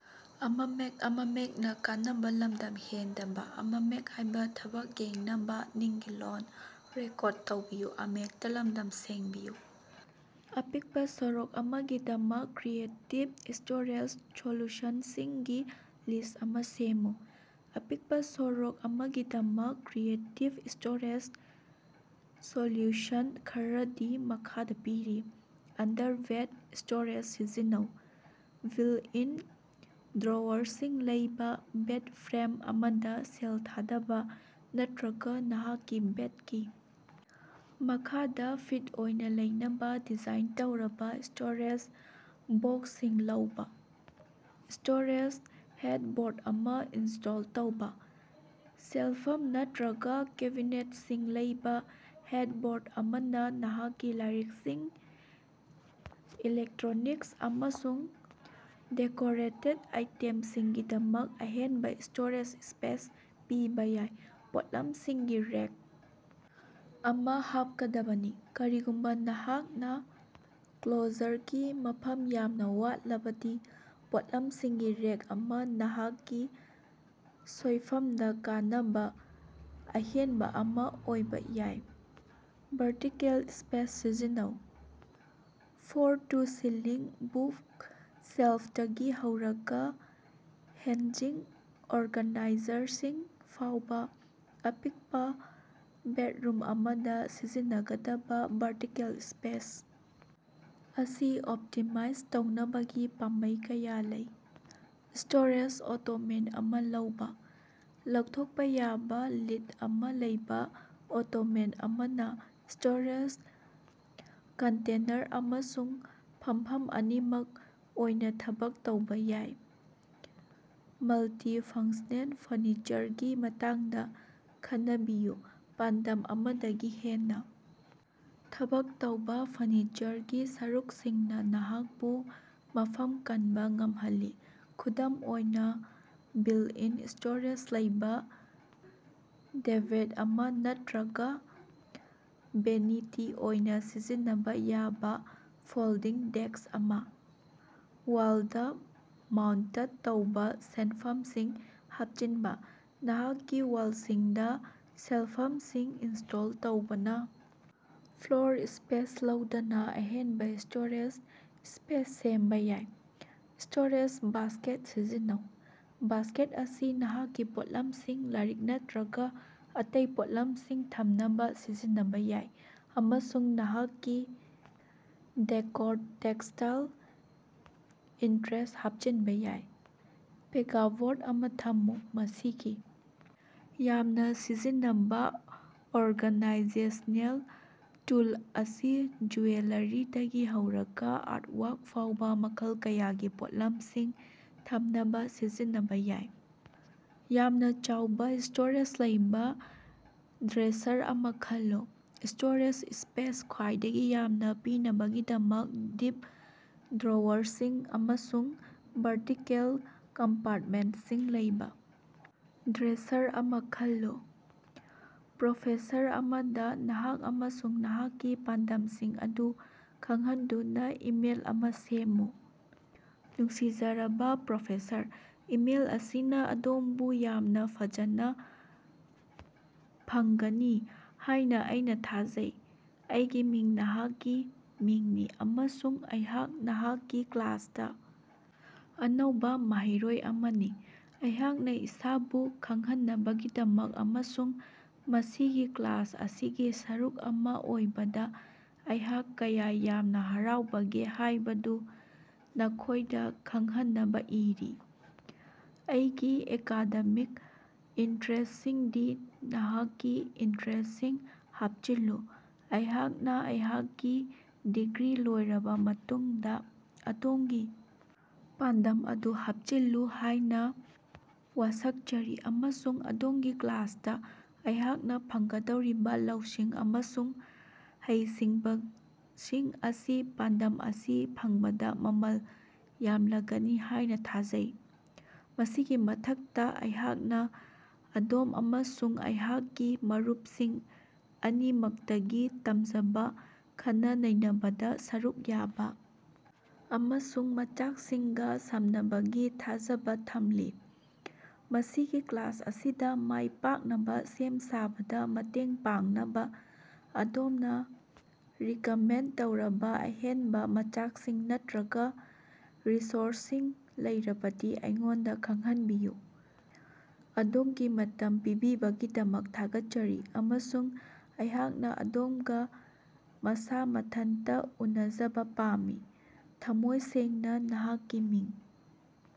ꯑꯄꯤꯛꯄ ꯁꯣꯔꯣꯛ ꯑꯃꯒꯤꯗꯃꯛ ꯀ꯭ꯔꯤꯌꯦꯇꯤꯚ ꯁ꯭ꯇꯣꯔꯦꯖ ꯁꯣꯂ꯭ꯌꯨꯁꯟꯁꯤꯡꯒꯤ ꯂꯤꯁ꯭ꯠ ꯑꯃꯥ ꯁꯦꯝꯃꯨ꯫ ꯑꯄꯤꯛꯄ ꯁꯣꯔꯣꯛ ꯑꯃꯒꯤꯗꯃꯛ ꯀ꯭ꯔꯤꯌꯦꯇꯤꯚ ꯁ꯭ꯇꯣꯔꯦꯖ ꯁꯣꯂ꯭ꯌꯨꯁꯟ ꯈꯔꯗꯤ ꯃꯈꯥꯗ ꯄꯤꯔꯤ: ꯑꯟꯗꯔ ꯕꯦꯗ ꯁ꯭ꯇꯣꯔꯦꯖ ꯁꯤꯖꯤꯟꯅꯧ: ꯕꯤꯜꯠ-ꯏꯟ ꯗ꯭ꯔꯣꯋꯔꯁꯤꯡ ꯂꯩꯕꯥ ꯕꯦꯗ ꯐ꯭ꯔꯦꯝ ꯑꯃꯗ ꯁꯦꯜ ꯊꯥꯗꯕ, ꯅꯠꯇꯔꯒ ꯅꯍꯥꯛꯀꯤ ꯕꯦꯗꯀꯤ ꯃꯈꯥꯗ ꯐꯤꯠ ꯑꯣꯏꯅ ꯂꯩꯅꯕ ꯗꯤꯖꯥꯏꯟ ꯇꯧꯔꯕ ꯁ꯭ꯇꯣꯔꯦꯖ ꯕꯣꯛꯁꯁꯤꯡ ꯂꯧꯕ꯫ ꯁ꯭ꯇꯣꯔꯦꯖ ꯍꯦꯗꯕꯣꯔꯗ ꯑꯃꯥ ꯏꯟꯁ꯭ꯇꯣꯜ ꯇꯧꯕ: ꯁꯦꯜꯐꯝ ꯅꯠꯇ꯭ꯔꯒ ꯀꯦꯕꯤꯅꯦꯠꯁꯤꯡ ꯂꯩꯕ ꯍꯦꯗꯕꯣꯔꯗ ꯑꯃꯅ ꯅꯍꯥꯛꯀꯤ ꯂꯥꯏꯔꯤꯛꯁꯤꯡ, ꯏꯂꯦꯛꯇꯔꯣꯅꯤꯛꯁ ꯑꯃꯁꯨꯡ ꯗꯦꯀꯣꯔꯦꯇꯦꯗ ꯑꯥꯏꯇꯦꯝꯁꯤꯡꯒꯤꯗꯃꯛ ꯑꯍꯦꯟꯕ ꯁ꯭ꯇꯣꯔꯦꯖ ꯁ꯭ꯄꯦꯁ ꯄꯤꯕ ꯌꯥꯏ꯫ ꯄꯣꯠꯂꯝꯁꯤꯡꯒꯤ ꯔꯦꯛ ꯑꯃꯥ ꯍꯥꯞꯀꯗꯕꯅꯤ: ꯀꯔꯤꯒꯨꯝꯕ ꯅꯍꯥꯛꯅ ꯀ꯭ꯂꯣꯖꯔꯒꯤ ꯃꯐꯝ ꯌꯥꯝꯅ ꯋꯥꯠꯂꯕꯗꯤ, ꯄꯣꯠꯂꯝꯁꯤꯡꯒꯤ ꯔꯦꯛ ꯑꯃ ꯅꯍꯥꯛꯀꯤ ꯁꯣꯏꯐꯝꯗ ꯀꯥꯟꯅꯕ ꯑꯍꯦꯟꯕ ꯑꯃꯥ ꯑꯣꯏꯕ ꯌꯥꯏ꯫ ꯚꯔꯇꯤꯀꯦꯜ ꯁ꯭ꯄꯦꯁ ꯁꯤꯖꯤꯟꯅꯧ: ꯐ꯭ꯂꯣꯔ-ꯇꯨ-ꯁꯤꯂꯤꯡ ꯕꯨꯛꯁꯦꯜꯐꯇꯒꯤ ꯍꯧꯔꯒ ꯍꯦꯟꯖꯤꯡ ꯑꯣꯔꯒꯥꯅꯥꯏꯖꯔꯁꯤꯡ ꯐꯥꯎꯕ, ꯑꯄꯤꯛꯄ ꯕꯦꯗꯔꯨꯝ ꯑꯃꯗ ꯁꯤꯖꯤꯟꯅꯗꯕ ꯚꯔꯇꯤꯀꯦꯜ ꯁ꯭ꯄꯦꯁ ꯑꯁꯤ ꯑꯣꯞꯇꯤꯃꯥꯏꯖ ꯇꯧꯅꯕꯒꯤ ꯄꯥꯝꯕꯩ ꯀꯌꯥ ꯂꯩ꯫ ꯁ꯭ꯇꯣꯔꯦꯖ ꯑꯣꯇꯣꯃꯦꯟ ꯑꯃꯥ ꯂꯧꯕ: ꯂꯧꯊꯣꯛꯄ ꯌꯥꯕ ꯂꯤꯗ ꯑꯃ ꯂꯩꯕ ꯑꯣꯇꯣꯃꯦꯟ ꯑꯃꯅ ꯁ꯭ꯇꯣꯔꯦꯖ ꯀꯟꯇꯦꯅꯔ ꯑꯃꯁꯨꯡ ꯐꯝꯐꯝ ꯑꯅꯤꯃꯛ ꯑꯣꯏꯅ ꯊꯕꯛ ꯇꯧꯕ ꯌꯥꯏ꯫ ꯃꯜꯇꯤ-ꯐꯪꯁꯅꯦꯜ ꯐꯔꯅꯤꯆꯔꯒꯤ ꯃꯇꯥꯡꯗ ꯈꯟꯅꯕꯤꯌꯨ: ꯄꯥꯟꯗꯝ ꯑꯃꯗꯒꯤ ꯍꯦꯟꯅ ꯊꯕꯛ ꯇꯧꯕ ꯐꯔꯅꯤꯆꯔꯒꯤ ꯁꯔꯨꯛꯁꯤꯡꯅ ꯅꯍꯥꯛꯄꯨ ꯃꯐꯝ ꯀꯟꯕ ꯉꯝꯍꯜꯂꯤ꯫ ꯈꯨꯗꯝ ꯑꯣꯏꯅ, ꯕꯤꯜꯠ-ꯏꯟ ꯁ꯭ꯇꯣꯔꯦꯖ ꯂꯩꯕ ꯗꯦꯕꯦꯗ ꯑꯃ ꯅꯠꯇꯔꯒ ꯚꯦꯅꯤꯇꯤ ꯑꯣꯏꯅ ꯁꯤꯖꯤꯟꯅꯕ ꯌꯥꯕ ꯐꯣꯜꯗꯤꯡ ꯗꯦꯁ꯭ꯛ ꯑꯃꯥ꯫ ꯋꯥꯜꯗꯥ ꯃꯥꯎꯟꯇꯠ ꯇꯧꯕꯥ ꯁꯦꯜꯐꯝꯁꯤꯡ ꯍꯥꯞꯆꯤꯟꯕ: ꯅꯍꯥꯛꯀꯤ ꯋꯥꯜꯁꯤꯡꯗ ꯁꯦꯜꯐꯝꯁꯤꯡ ꯏꯟꯁ꯭ꯇꯣꯜ ꯇꯧꯕꯅ ꯐ꯭ꯂꯣꯔ ꯁ꯭ꯄꯦꯁ ꯂꯧꯗꯅ ꯑꯍꯦꯟꯕ ꯁ꯭ꯇꯣꯔꯦꯖ ꯁ꯭ꯄꯦꯁ ꯁꯦꯝꯕ ꯌꯥꯏ꯫ ꯁ꯭ꯇꯣꯔꯦꯖ ꯕꯥꯁ꯭ꯀꯦꯠ ꯁꯤꯖꯤꯟꯅꯧ: ꯕꯥꯁ꯭ꯀꯦꯠ ꯑꯁꯤ ꯅꯍꯥꯛꯀꯤ ꯄꯣꯠꯂꯝꯁꯤꯡ, ꯂꯥꯏꯔꯤꯛ ꯅꯠꯇꯔꯒ ꯑꯇꯩ ꯄꯣꯠꯂꯝꯁꯤꯡ ꯊꯝꯅꯕ ꯁꯤꯖꯤꯟꯅꯕ ꯌꯥꯏ, ꯑꯃꯁꯨꯡ ꯅꯍꯥꯛꯀꯤ ꯗꯦꯀꯣꯔꯗ ꯇꯦꯛꯁꯇꯥꯏꯜ ꯏꯟꯇꯔꯦꯁ꯭ꯠ ꯍꯥꯞꯆꯤꯟꯕ ꯌꯥꯏ꯫ ꯄꯦꯒꯕꯣꯔꯗ ꯑꯃꯥ ꯊꯝꯃꯨ: ꯃꯁꯤꯒꯤ ꯌꯥꯝꯅ ꯁꯤꯖꯤꯟꯅꯕ ꯑꯣꯔꯒꯅꯥꯏꯖꯦꯁꯅꯦꯜ ꯇꯨꯜ ꯑꯁꯤ ꯖꯨꯋꯦꯂꯔꯤꯗꯒꯤ ꯍꯧꯔꯒ ꯑꯥꯔꯇꯋꯥꯔꯛ ꯐꯥꯎꯕ ꯃꯈꯜ ꯀꯌꯥꯒꯤ ꯄꯣꯠꯂꯝꯁꯤꯡ ꯊꯝꯅꯕ ꯁꯤꯖꯤꯟꯅꯕ ꯌꯥꯏ꯫ ꯌꯥꯝꯅ ꯆꯥꯎꯕꯥ ꯁ꯭ꯇꯣꯔꯦꯖ ꯂꯩꯕ ꯗ꯭ꯔꯦꯁꯔ ꯑꯃꯥ ꯈꯜꯂꯨ: ꯁ꯭ꯇꯣꯔꯦꯖ ꯁ꯭ꯄꯦꯁ ꯈ꯭ꯋꯥꯏꯗꯒꯤ ꯌꯥꯝꯅ ꯄꯤꯅꯕꯒꯤꯗꯃꯛ ꯗꯤꯞ ꯗ꯭ꯔꯣꯋꯔꯁꯤꯡ ꯑꯃꯁꯨꯡ ꯚꯔꯇꯤꯀꯦꯜ ꯀꯝꯄꯥꯔꯠꯃꯦꯟꯠꯁꯤꯡ ꯂꯩꯕ ꯗ꯭ꯔꯦꯁꯔ ꯑꯃꯥ ꯈꯜꯂꯨ꯫ ꯄ꯭ꯔꯣꯐꯦꯁꯔ ꯑꯃꯗ ꯅꯍꯥꯛ ꯑꯃꯁꯨꯡ ꯅꯍꯥꯛꯀꯤ ꯄꯥꯟꯗꯝꯁꯤꯡ ꯑꯗꯨ ꯈꯪꯍꯟꯗꯨꯅꯥ ꯏꯃꯦꯏꯜ ꯑꯃꯥ ꯁꯦꯝꯃꯨ꯫ ꯅꯨꯡꯁꯤꯖꯔꯕꯥ ꯄ꯭ꯔꯣꯐꯦꯁꯔ, ꯏꯃꯦꯜ ꯑꯁꯤꯅ ꯑꯗꯣꯝꯕꯨ ꯌꯥꯝꯅꯥ ꯐꯖꯅ ꯐꯪꯒꯅꯤ ꯍꯥꯏꯅꯥ ꯑꯩꯅ ꯊꯥꯖꯩ꯫ ꯑꯩꯒꯤ ꯃꯤꯡ ꯅꯍꯥꯛꯀꯤ ꯃꯤꯡꯅꯤ, ꯑꯃꯁꯨꯡ ꯑꯩꯍꯥꯛ ꯅꯍꯥꯛꯀꯤ ꯀ꯭ꯂꯥꯁꯗ ꯑꯅꯧꯕ ꯃꯍꯩꯔꯣꯏ ꯑꯃꯅꯤ꯫ ꯑꯩꯍꯥꯛꯅ ꯏꯁꯥꯕꯨ ꯈꯪꯍꯟꯅꯕꯒꯤꯗꯃꯛ ꯑꯃꯁꯨꯡ ꯃꯁꯤꯒꯤ ꯀ꯭ꯂꯥꯁ ꯑꯁꯤꯒꯤ ꯁꯔꯨꯛ ꯑꯃꯥ ꯑꯣꯏꯕꯗ ꯑꯩꯍꯥꯛ ꯀꯌꯥ ꯌꯥꯝꯅ ꯍꯔꯥꯎꯕꯒꯦ ꯍꯥꯏꯕꯗꯨ ꯅꯈꯣꯏꯗ ꯈꯪꯍꯟꯅꯕ ꯏꯔꯤ꯫ ꯑꯩꯒꯤ ꯑꯦꯀꯥꯗꯦꯃꯤꯛ ꯏꯟꯇꯔꯦꯁ꯭ꯇꯁꯤꯡꯗꯤ ꯅꯍꯥꯛꯀꯤ ꯏꯟꯇꯔꯦꯁ꯭ꯇꯁꯤꯡ ꯍꯥꯄꯆꯤꯜꯂꯨ꯫ ꯑꯩꯍꯥꯛꯅ ꯑꯩꯍꯥꯛꯀꯤ ꯗꯤꯒ꯭ꯔꯤ ꯂꯣꯏꯔꯕ ꯃꯇꯨꯡꯗ ꯑꯗꯣꯝꯒꯤ ꯄꯥꯟꯗꯝ ꯑꯗꯨ ꯍꯥꯞꯆꯤꯜꯂꯨ ꯍꯥꯏꯅ ꯋꯥꯁꯛꯆꯔꯤ ꯑꯃꯁꯨꯡ ꯑꯗꯣꯝꯒꯤ ꯀ꯭ꯂꯥꯁꯗ ꯑꯩꯍꯥꯛꯅ ꯐꯪꯒꯗꯧꯔꯤꯕ ꯂꯧꯁꯤꯡ ꯑꯃꯁꯨꯡ ꯍꯩꯁꯤꯡꯕꯁꯤꯡ ꯑꯁꯤ ꯄꯥꯟꯗꯝ ꯑꯁꯤ ꯐꯪꯕꯗ ꯃꯃꯜ ꯌꯥꯝꯂꯒꯅꯤ ꯍꯥꯏꯅ ꯊꯥꯖꯩ꯫ ꯃꯁꯤꯒꯤ ꯃꯊꯛꯇ, ꯑꯩꯍꯥꯛꯅ ꯑꯗꯣꯝ ꯑꯃꯁꯨꯡ ꯑꯩꯍꯥꯛꯀꯤ ꯃꯔꯨꯞꯁꯤꯡ ꯑꯅꯤꯃꯛꯇꯒꯤ ꯇꯝꯖꯕ, ꯈꯟꯅ-ꯅꯩꯅꯕꯗ ꯁꯔꯨꯛ ꯌꯥꯕ, ꯑꯃꯁꯨꯡ ꯃꯆꯥꯛꯁꯤꯡꯒ ꯁꯝꯅꯕꯒꯤ ꯊꯥꯖꯕ ꯊꯝꯂꯤ꯫ ꯃꯁꯤꯒꯤ ꯀ꯭ꯂꯥꯁ ꯑꯁꯤꯗ ꯃꯥꯏ ꯄꯥꯛꯅꯕ ꯁꯦꯝ ꯁꯥꯕꯗ ꯃꯇꯦꯡ ꯄꯥꯡꯅꯕ ꯑꯗꯣꯝꯅ ꯔꯤꯀꯃꯦꯟꯗ ꯇꯧꯔꯤꯕ ꯑꯍꯦꯟꯕ ꯃꯆꯥꯛꯁꯤꯡ ꯅꯠꯇꯔꯒ ꯔꯤꯁꯣꯔꯁꯁꯤꯡ ꯂꯩꯔꯕꯗꯤ ꯑꯩꯉꯣꯟꯗ ꯈꯪꯍꯟꯕꯤꯌꯨ꯫ ꯑꯗꯣꯝꯒꯤ ꯃꯇꯝ ꯄꯤꯕꯤꯕꯒꯤꯗꯃꯛ ꯊꯥꯒꯠꯆꯔꯤ, ꯑꯃꯁꯨꯡ ꯑꯩꯍꯥꯛꯅ ꯑꯗꯣꯝꯒ ꯃꯁꯥ ꯃꯊꯟꯇ ꯎꯅꯖꯕ ꯄꯥꯝꯃꯤ꯫ ꯊꯃꯣꯏ ꯁꯦꯡꯅꯥ, ꯅꯍꯥꯛꯀꯤ ꯃꯤꯡ꯫